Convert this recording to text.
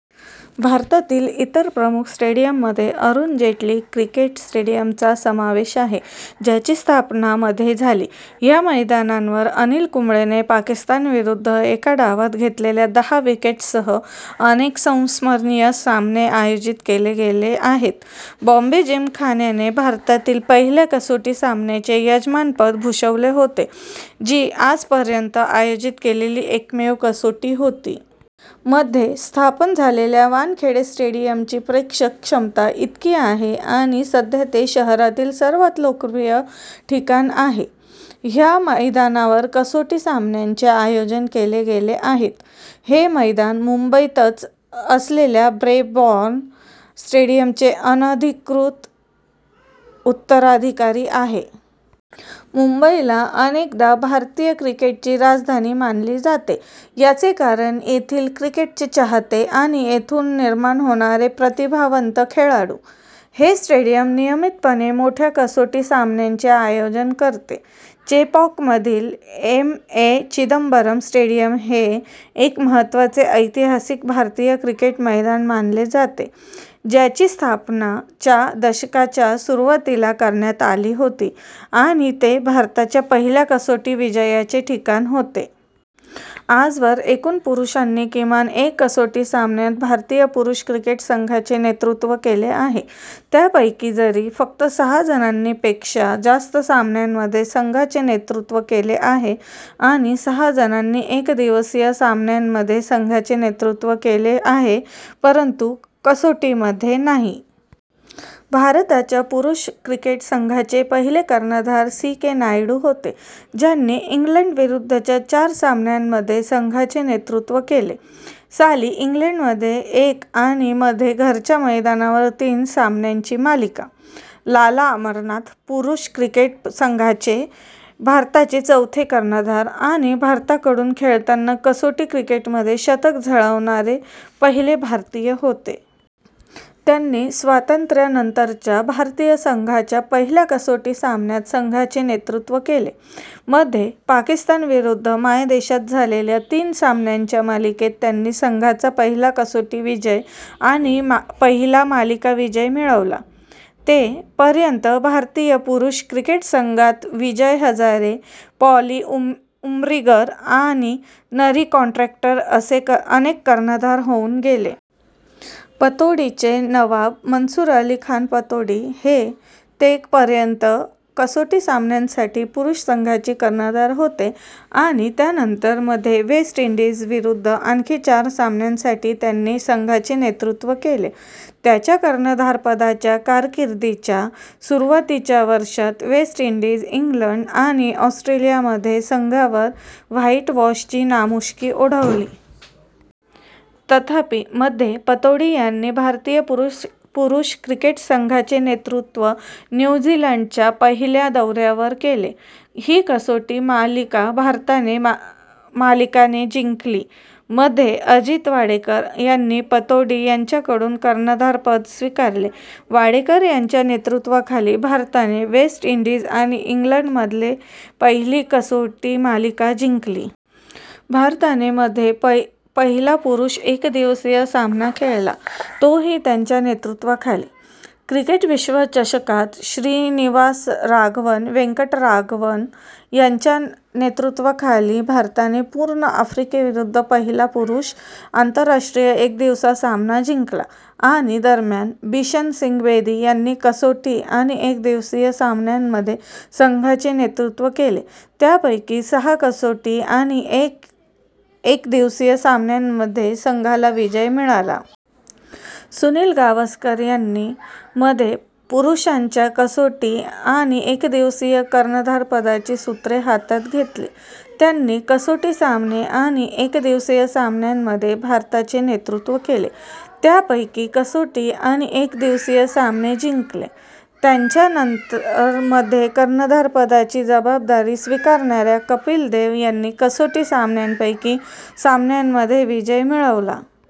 भारतातील इतर प्रमुख स्टेडियममध्ये अरुण जेटली क्रिकेट स्टेडियमचा समावेश आहे, ज्याची स्थापना मध्ये झाली. ह्या मैदानांवर अनिल कुंबळेने पाकिस्तानविरुद्ध एका डावात घेतलेल्या दहा विकेट्ससह अनेक संस्मरणीय सामने आयोजित केले गेले आहेत. बॉम्बे जिमखान्याने भारतातील पहिल्या कसोटी सामन्याचे यजमानपद भूषवले होते, जी आजपर्यंत आयोजित केलेली एकमेव कसोटी होती. मध्ये स्थापन झालेल्या वानखेडे स्टेडियमची प्रेक्षक क्षमता इतकी आहे आणि सध्या ते शहरातील सर्वात लोकप्रिय ठिकाण आहे. ह्या मैदानावर कसोटी सामन्यांचे आयोजन केले गेले आहेत. हे मैदान मुंबई तच असलेल्या ब्रेबॉर्न स्टेडियमचे अनधिकृत उत्तराधिकारी आहे. मुंबईला अनेकदा भारतीय क्रिकेटची राजधानी मानली जाते याचे कारण येथील क्रिकेटचे चाहते आणि येथून निर्माण होणारे प्रतिभावंत खेळाडू. हे स्टेडियम नियमितपणे मोठ्या कसोटी सामन्यांचे आयोजन करते. चेपॉकमधील एम. ए. चिदंबरम स्टेडियम हे एक महत्त्वाचे ऐतिहासिक भारतीय क्रिकेट मैदान मानले जाते, ज्याची स्थापना च्या दशकाच्या सुरुवातीला करण्यात आली होती आणि ते भारताच्या पहिल्या कसोटी विजयाचे ठिकाण होते.। आजवर एकूण पुरुषांनी किमान एका कसोटी सामन्यात भारतीय पुरुष क्रिकेट संघाचे नेतृत्व केले आहे. त्यापैकी जरी फक्त सहा जणांनी पेक्षा जास्त सामन्यांमध्ये संघाचे नेतृत्व केले आहे आणि सहा जणांनी एकदिवसीय सामन्यांमध्ये संघाचे नेतृत्व केले आहे परंतु कसोटीमध्ये नाही. भारताच्या पुरुष क्रिकेट संघाचे पहिले कर्णधार सी. के. नायडू होते, ज्यांनी इंग्लंडविरुद्धच्या चार सामन्यांमध्ये संघाचे नेतृत्व केले; साली इंग्लंडमध्ये एक आणि - मध्ये घरच्या मैदानावर तीन सामन्यांची मालिका. लाला अमरनाथ, पुरुष क्रिकेट संघाचे भारताचे चौथे कर्णधार आणि भारताकडून खेळताना कसोटी क्रिकेटमध्ये शतक झळकावणारे पहिले भारतीय होते. त्यांनी स्वतंत्र्यानंतरच्या भारतीय संघाच्या पहिल्या कसोटी सामन्यात संघाचे नेतृत्व केले. - मध्ये पाकिस्तान विरुद्ध मायदेशात झालेल्या तीन सामन्यांच्या मालिकेत त्यांनी संघाचा पहिला कसोटी विजय आणि पहिला मालिका विजय मिळवला. ते - पर्यंत, भारतीय पुरुष क्रिकेट संघात विजय हजारे, पॉली उम्रीगर आणि नरी कॉन्ट्रॅक्टर असे अनेक कर्णधार होऊन गेले. पतौडीचे नवाब, मन्सूर अली खान पतौडी हे - ते - पर्यंत कसोटी सामन्यांसाठी पुरुष संघाचे कर्णधार होते आणि त्यानंतर - मध्ये वेस्ट इंडीजविरुद्ध आणखी चार सामन्यांसाठी त्यांनी संघाचे नेतृत्व केले. त्याच्या कर्णधारपदाच्या कारकिर्दीच्या सुरुवातीच्या वर्षांत, वेस्ट इंडीज, इंग्लंड आणि ऑस्ट्रेलियामध्ये संघावर व्हाईटवॉशची नामुष्की ओढवली. तथापि, - मध्ये, पतौडी यांनी भारतीय पुरुष क्रिकेट संघाचे नेतृत्व न्यू झीलंडच्या पहिल्या दौऱ्यावर केले. ही कसोटी मालिका भारताने मालिका - ने जिंकली. - मध्ये अजित वाडेकर यांनी पतौडी यांच्याकडून कर्णधारपद स्वीकारले. वाडेकर यांच्या नेतृत्वाखाली भारताने वेस्ट इंडीज आणि इंग्लंडमध्ये पहिली कसोटी मालिका जिंकली. भारताने मध्ये पहिला पुरुष एकदिवसीय सामना खेळला, तोही त्यांच्या नेतृत्वाखाली. क्रिकेट विश्वचषकात श्रीनिवासराघवन वेंकटराघवन यांच्या नेतृत्वाखाली भारताने पूर्व आफ्रिकेविरुद्ध पहिला पुरुष आंतरराष्ट्रीय एकदिवसीय सामना जिंकला. - आणि - दरम्यान, बिशन सिंग बेदी यांनी कसोटी आणि एकदिवसीय सामन्यांमध्ये संघाचे नेतृत्व केले, त्यापैकी सहा कसोटी आणि एक एकदिवसीय सामन्यामध्ये संघाला विजय मिळाला. सुनील गावस्कर यांनी - मध्ये पुरुषांच्या कसोटी आणि एकदिवसीय कर्णधारपदाची सूत्रे हातात घेतली. त्यांनी कसोटी सामने आणि एकदिवसीय सामन्यांमध्ये भारताचे नेतृत्व केले, त्यापैकी कसोटी आणि एकदिवसीय सामने जिंकले. त्यांच्यानंतर मध्ये कर्णधारपदाची जबाबदारी स्वीकारणाऱ्या कपिल देव यांनी कसोटी सामन्यांपैकी सामन्यांमध्ये विजय मिळवला.